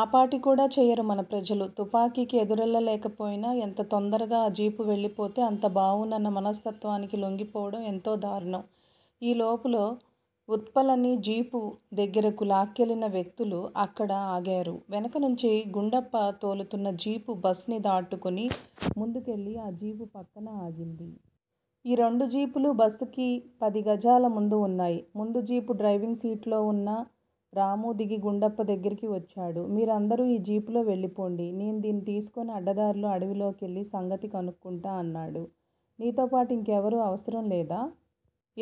ఆపాటి కూడా చెయ్యరు మన ప్రజలు. తుపాకికి ఎదురెళ్ళలేకపొయినా, ఎంత తొందరగా ఆ జీపు వెళ్ళిపోతే అంత బావుణ్ణు అన్న మనస్తత్వానికి లొంగిపోవడం ఎంతో దారుణం. ఈ లోపులో ఉత్పలని జీపు దగ్గిరకు లాక్కెళ్ళిన వ్యక్తులు అక్కడ ఆగారు. వెనుక నుంచి గుండప్ప తోలుతున్న జీపు బస్ ని దాటుకుని ముందుకెళ్ళి ఆ జీపు పక్కన ఆగింది. ఈ రెండు జీపులూ బస్ కి పది గజాల ముందు వున్నాయి. ముందు జీపు డ్రైవింగ్ సీట్ లో వున్న రామూ దిగి గుండప్ప దగ్గిరకి వచ్చాడు. మీరందరూ ఈ జీపులో వెళ్ళిపొండి. నేను దీన్ని తీసుకుని అడ్డదారిలో అడవిలోకెళ్ళి సంగతి కనుక్కుంటా అన్నాడు. నీతో పాటు ఇంకెవరూ అవసరం లేదా?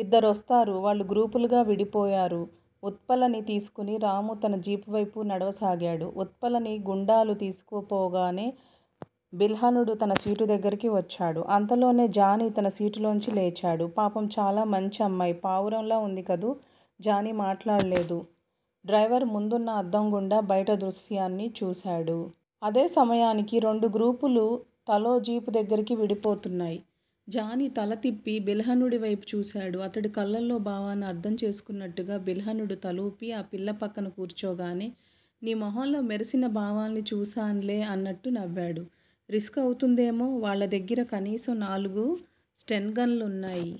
ఇద్దరొస్తారు వాళ్ళు గ్రూపులుగా విడిపోయాడు. ఉత్పలని తీసుకొని రామూ తన జీపువైపుకి నడవసాగాడు. ఉత్పలని గుండాలు తీసుకుపోగానే బిల్హణుడు తన సీటు దగ్గిరకి వచ్చాడు అంతలోనే జానీ తన సీటులోంచి లేచాడు. పాపం చాలా మంచి అమ్మాయి. పావురంలా వుంది కదూ. జానీ మాట్లాడలేదు. డ్రైవర్ ముందున్న అద్దం గుండా బయట దృశ్యాన్ని చూశాడు. అదే సమయానికి రెండు గ్రూపులూ తలో జీపు దగ్గిరకి విడిపోతున్నాయి. జానీ తలతిప్పి బిల్హణుడివైపు చూశాడు. అతడి కళ్ళల్లో భావాన్ని అర్థం చేసుకున్నట్టుగా బిల్హణుడు తలూపి ఆ పిల్ల పక్కన కూర్చోగానే నీ మొహంలో మెరిసిన భావాల్ని చూసాన్లే అన్నట్టు నవ్వాడు. రిస్క్ అవుతుందేమో- వాళ్ళదగ్గిర కనీసం నాలుగు స్టెన్ గన్లున్నాయి.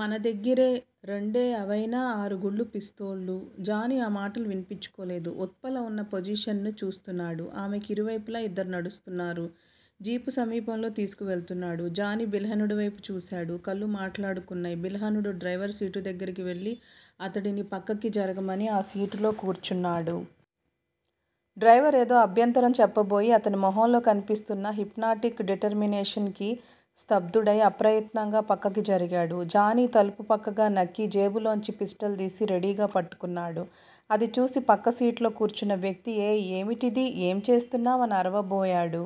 మన దగ్గరే రెండే అవైనా ఆరు గుళ్ళు పిస్తోళ్ళు. జానీ ఆ మాటలు వినిపించుకోలేదు. ఉత్పల వున్న పోజిషనుని చూస్తున్నాడు. ఆమెకి ఇరువైపులా ఇద్దరు నడుస్తున్నారు. జీపు సమీపంలోకి తీసుకువెళ్తున్నాడు. జానీ బిల్హణుడివైపు చూశాడు. కళ్ళు మాట్లాడుకున్నాయి. బిల్హణుడు డ్రైవర్ సీటు దగ్గరికి వెళ్ళి అతడిని పక్కకి జరగమని, ఆ సీటులో కూర్చొన్నాడు. డ్రైవర్ ఏదో అభ్యంతరం చెప్పబోయి, అతని మొహంలో కనిపిస్తున్నా హిప్నాటిక్ డిటర్మినేషన్ కి స్థబ్దుడై అప్రయత్నంగా పక్కకి జరిగాడు. జానీ తలుపు పక్కగా నక్కి జేబులోంచి పిస్టల్ తీసి రెడీగా పట్టుకున్నాడు. అది చూసి పక్కసీటులో కూర్చున్న వ్యక్తి ఏయ్, ఏమిటిది? ఏం చేస్తున్నావు అని అరవబోయాడు.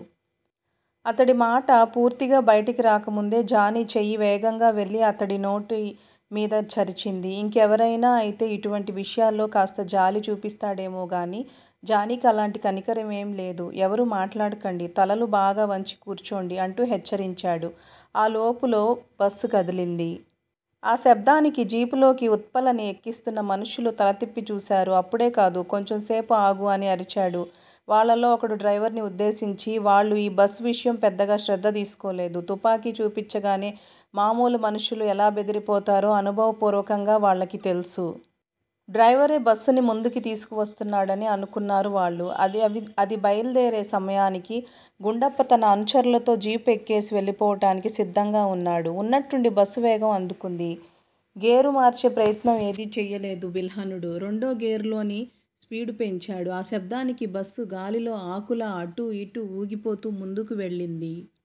అతడి మాట పూర్తిగా బయటికి రాకముందే జానీ చెయ్యి వేగంగా వెళ్ళి అతడినోటిమీద చరిచింది. ఇంకెవరైనా అయితే ఇటువంటి విషయాల్లో కాస్త జాలి చూపిస్తాడేమో గాని జానీకి అలాటి కనికరంఏమీ లేదు. ఎవరూ మాట్లాడకండి. తలలు బాగా వంచి కూర్చోండి అంటూ హెచ్చరించాడు. ఆ లోపులో బస్ కదిలింది. ఆ శబ్దానికి జీపులోకి ఉత్పలని ఎక్కిస్తున్న మనుష్యులు తలతిప్పి చూశారు. అప్పుడే కాదు. కొంచెం సేపు ఆగు అని అరిచాడు వాళ్ళలో ఒకడు డ్రైవర్ ని ఉద్దేశించి. వాళ్ళు ఈ బస్సు విషయం పెద్దగా శ్రద్ధ తీసుకోలేదు. తుపాకి చూపించగానే మామూలు మనుష్యులు ఎలా బెదిరిపోతారో అనుభవ పూర్వకంగా వాళ్ళకి తెలుసు. డ్రైవరే బస్సుని ముందుకు తీసుకువస్తున్నాడని అనుకున్నారు వాళ్ళు. అది బయల్దేరే సమయానికే గుండప్ప తన అనుచరులతో జీపు ఎక్కేసి వెళ్లిపోవటానికి సిద్ధంగా వున్నాడు. వున్నట్టుండి బస్సు వేగం అందుకుంది. గేరుమార్చే ప్రయత్నం ఏదీ చెయ్యలేదు బిల్హణుడు. రెండో గేరులోనే స్పీడు పెంచాడు. ఆ శబ్దానికి బస్ గాలిలో ఆకులా అటూ ఇటూ వూగిపోతూ ముందుకు వెళ్ళింది.